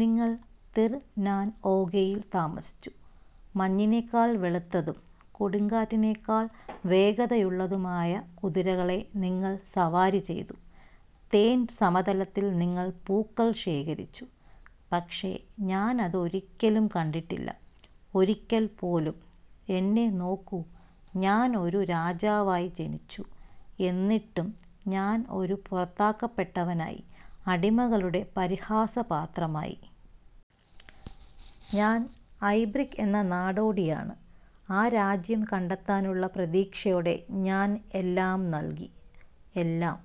നിങ്ങൾ തിർ-നാൻ-ഓഗെയിൽ താമസിച്ചു; മഞ്ഞിനേക്കാൾ വെളുത്തതും കൊടുങ്കാറ്റിനെക്കാൾ വേഗതയുള്ളതുമായ കുതിരകളെ നിങ്ങൾ സവാരി ചെയ്തു; തേൻ സമതലത്തിൽ നിങ്ങൾ പൂക്കൾ ശേഖരിച്ചു. പക്ഷേ ഞാൻ അത് ഒരിക്കലും കണ്ടിട്ടില്ല ഒരിക്കൽ പോലും! എന്നെ നോക്കൂ! ഞാൻ ഒരു രാജാവായി ജനിച്ചു! എന്നിട്ടും ഞാൻ ഒരു പുറത്താക്കപ്പെട്ടവനായി, അടിമകളുടെ പരിഹാസപാത്രമായി! ഞാൻ ഐബ്രിക് എന്ന നാടോടി ആണ്! ആ രാജ്യം കണ്ടെത്താനുള്ള പ്രതീക്ഷയോടെ ഞാൻ എല്ലാം നൽകി--എല്ലാം.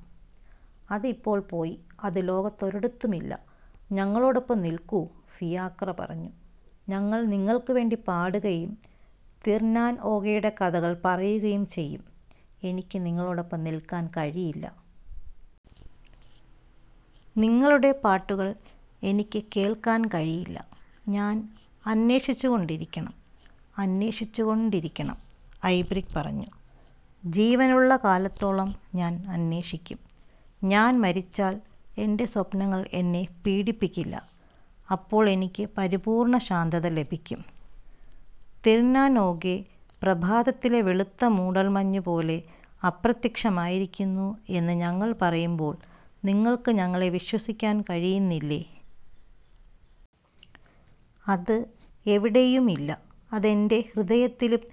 അത് ഇപ്പോൾ പോയി അത് ലോകത്തൊരിടത്തും ഇല്ല! "। "ഞങ്ങളോടൊപ്പം നിൽക്കൂ," ഫിയാക്ര പറഞ്ഞു, "ഞങ്ങൾ നിങ്ങൾക്കുവേണ്ടി പാടുകയും തിർ-നാൻ-ഓഗെയുടെ കഥകൾ പറയുകയും ചെയ്യും. " "എനിക്ക് നിങ്ങളോടൊപ്പം നിൽക്കാൻ കഴിയില്ല! നിങ്ങളുടെ പാട്ടുകൾ എനിക്ക് കേൾക്കാൻ കഴിയില്ല! ഞാൻ അന്വേഷിച്ചുകൊണ്ടിരിക്കണം; അന്വേഷിച്ചുകൊണ്ടിരിക്കണം" ഐബ്രിക് പറഞ്ഞു. "ജീവനുള്ള കാലത്തോളം ഞാൻ അന്വേഷിക്കും. ഞാൻ മരിച്ചാൽ എന്റെ സ്വപ്നങ്ങൾ എന്നെ പീഡിപ്പിക്കില്ല. അപ്പോൾ എനിക്ക് പരിപൂർണ്ണ ശാന്തത ലഭിക്കും. " "തിർ-നാൻ-ഓഗെ പ്രഭാതത്തിലെ വെളുത്ത മൂടൽമഞ്ഞ് പോലെ അപ്രത്യക്ഷമായിരിക്കുന്നു എന്ന് ഞങ്ങൾ പറയുമ്പോൾ നിങ്ങൾക്ക് ഞങ്ങളെ വിശ്വസിക്കാൻ കഴിയുന്നില്ലേ? അത് എവിടെയും ഇല്ല. " "അത് എന്റെ ഹൃദയത്തിലും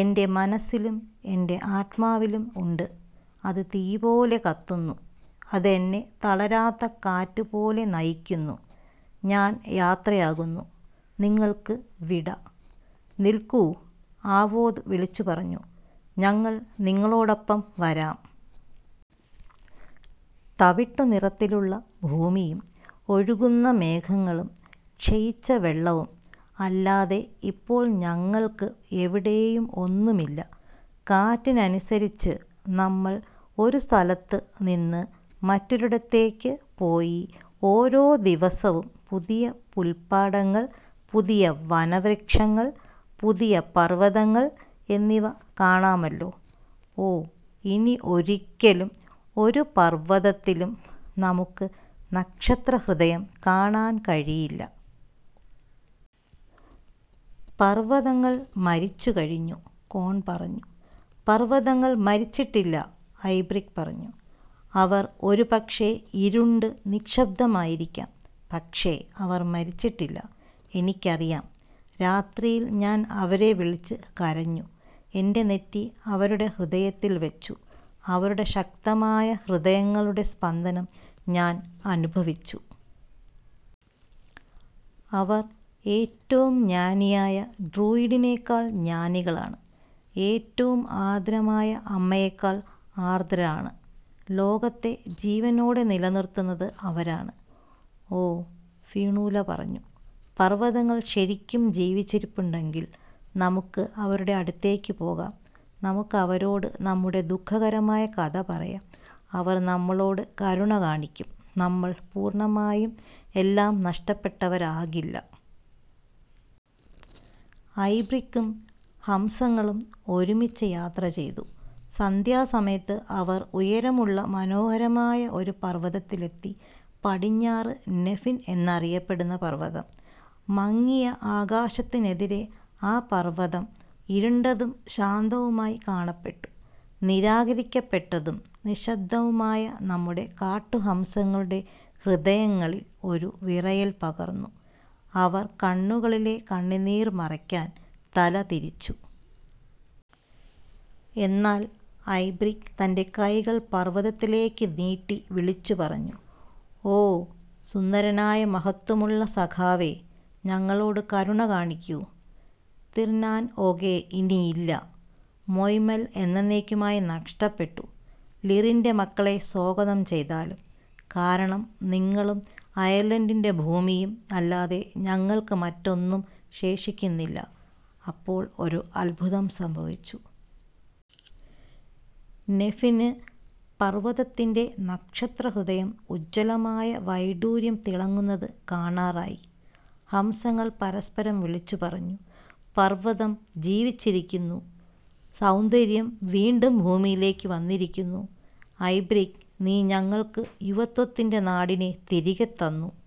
എന്റെ മനസ്സിലും എന്റെ ആത്മാവിലും ഉണ്ട്! അത് തീ പോലെ കത്തുന്നു! അത് എന്നെ തളരാത്ത കാറ്റ് പോലെ നയിക്കുന്നു! ഞാൻ യാത്രയാകുന്നു. നിങ്ങള്ക്ക് വിട! " "നിൽക്കൂ! " ആവോദ് വിളിച്ചുപറഞ്ഞു, "ഞങ്ങൾ നിങ്ങളോടൊപ്പം വരാം. തവിട്ടുനിറത്തിലുള്ള ഭൂമിയും ഒഴുകുന്ന മേഘങ്ങളും ക്ഷയിച്ച വെള്ളവും അല്ലാതെ ഇപ്പോൾ ഞങ്ങൾക്ക് എവിടേയും ഒന്നുമില്ല. കാറ്റിനനുസരിച്ച് നമ്മൾ ഒരു സ്ഥലത്ത് നിന്ന് മറ്റൊരിടത്തേക്ക് പോയി ഓരോ ദിവസവും പുതിയ പുല്പാടങ്ങൾ, പുതിയ വനവൃക്ഷങ്ങൾ, പുതിയ പർവതങ്ങൾ എന്നിവ കാണാമല്ലോ! ഓ, ഇനി ഒരിക്കലും ഒരു പർവതത്തിലും നമുക്ക് നക്ഷത്രഹൃദയം കാണാൻ കഴിയില്ല! " "പർവതങ്ങൾ മരിച്ചു കഴിഞ്ഞു," കോൺ പറഞ്ഞു. "പർവതങ്ങൾ മരിച്ചിട്ടില്ല," ഐബ്രിക് പറഞ്ഞു. "അവർ ഒരുപക്ഷേ ഇരുണ്ട് നിശബ്ദമായിരിക്കാം, പക്ഷേ അവർ മരിച്ചിട്ടില്ല. എനിക്കറിയാം. രാത്രിയിൽ ഞാൻ അവരെ വിളിച്ച് കരഞ്ഞു, എന്റെ നെറ്റി അവരുടെ ഹൃദയത്തിൽ വച്ചു, അവരുടെ ശക്തമായ ഹൃദയങ്ങളുടെ സ്പന്ദനം ഞാന് അനുഭവിച്ചു. അവർ ഏറ്റവും ജ്ഞാനിയായ ഡ്രൂയിഡിനേക്കാൾ ജ്ഞാനികളാണ്, ഏറ്റവും ആർദ്രമായ അമ്മയേക്കാൾ ആർദ്രരാണ്. ലോകത്തെ ജീവനോടെ നിലനിർത്തുന്നത് അവരാണ്. " "ഓ," ഫിയോണുല പറഞ്ഞു, "പർവതങ്ങൾ ശരിക്കും ജീവിച്ചിരിപ്പുണ്ടെങ്കിൽ നമുക്ക് അവരുടെ അടുത്തേക്ക് പോകാം; നമുക്ക് അവരോട് നമ്മുടെ ദുഃഖകരമായ കഥ പറയാം. അവർ നമ്മളോട് കരുണ കാണിക്കും, നമ്മൾ പൂർണ്ണമായും എല്ലാം നഷ്ടപ്പെട്ടവരാകില്ല. " ഐബ്രിക്കും ഹംസങ്ങളും ഒരുമിച്ച് യാത്ര ചെയ്തു, സന്ധ്യാസമയത്ത് അവർ ഉയരമുള്ള മനോഹരമായ ഒരു പർവതത്തിലെത്തി പടിഞ്ഞാറ് നെഫിൻ എന്നറിയപ്പെടുന്ന പർവതം. മങ്ങിയ ആകാശത്തിനെതിരെ ആ പര്വതും ഇരുണ്ടതും ശാന്തവുമായി കാണപ്പെട്ടു. നിരാകരിക്കപ്പെട്ടതും, നിശബ്ദവുമായ നമ്മുടെ കാട്ടു ഹംസങ്ങളുടെ ഹൃദയങ്ങളിൽ ഒരു വിറയല് പകർന്നു: അവർ കണ്ണുകളിലെ കണ്ണുനീർ മറയ്ക്കാൻ തല തിരിച്ചു. എന്നാൽ ഐബ്രിക് തന്റെ കൈകൾ പർവതത്തിലേക്ക് നീട്ടി വിളിച്ചുപറഞ്ഞു: "ഓ സുന്ദരനായ മഹത്വമുള്ള സഖാവേ, ഞങ്ങളോട് കരുണ കാണിക്കൂ! തിർ-നാൻ-ഓഗെ ഇനിയില്ല, മോയ്-മെൽ എന്നെന്നേക്കുമായി നഷ്ടപ്പെട്ടു! ലിറിന്റെ മക്കളെ സ്വാഗതം ചെയ്താലും, കാരണം നിങ്ങളും അയർലണ്ടിന്റെ ഭൂമിയും അല്ലാതെ ഞങ്ങൾക്ക് മറ്റൊന്നും ശേഷിക്കുന്നില്ല! " അപ്പോൾ ഒരു അത്ഭുതം സംഭവിച്ചു. നെഫിന് പര്വതത്തിന്റെ നക്ഷത്രഹൃദയം ഉജ്വലമായ വൈഡൂര്യം തിളങുന്നത് കാണാറായി! ഹംസങ്ങൾ പരസ്പരം വിളിച്ചുപറഞ്ഞു: "പർവ്വതം ജീവിച്ചിരിക്കുന്നു! സൗന്ദര്യം വീണ്ടും ഭൂമിയിലേക്ക് വന്നിരിക്കുന്നു! ഐബ്രിക്, നീ ഞങ്ങൾക്ക് യുവത്വത്തിന്റെ നാടിനെ തിരികെ തന്നു! "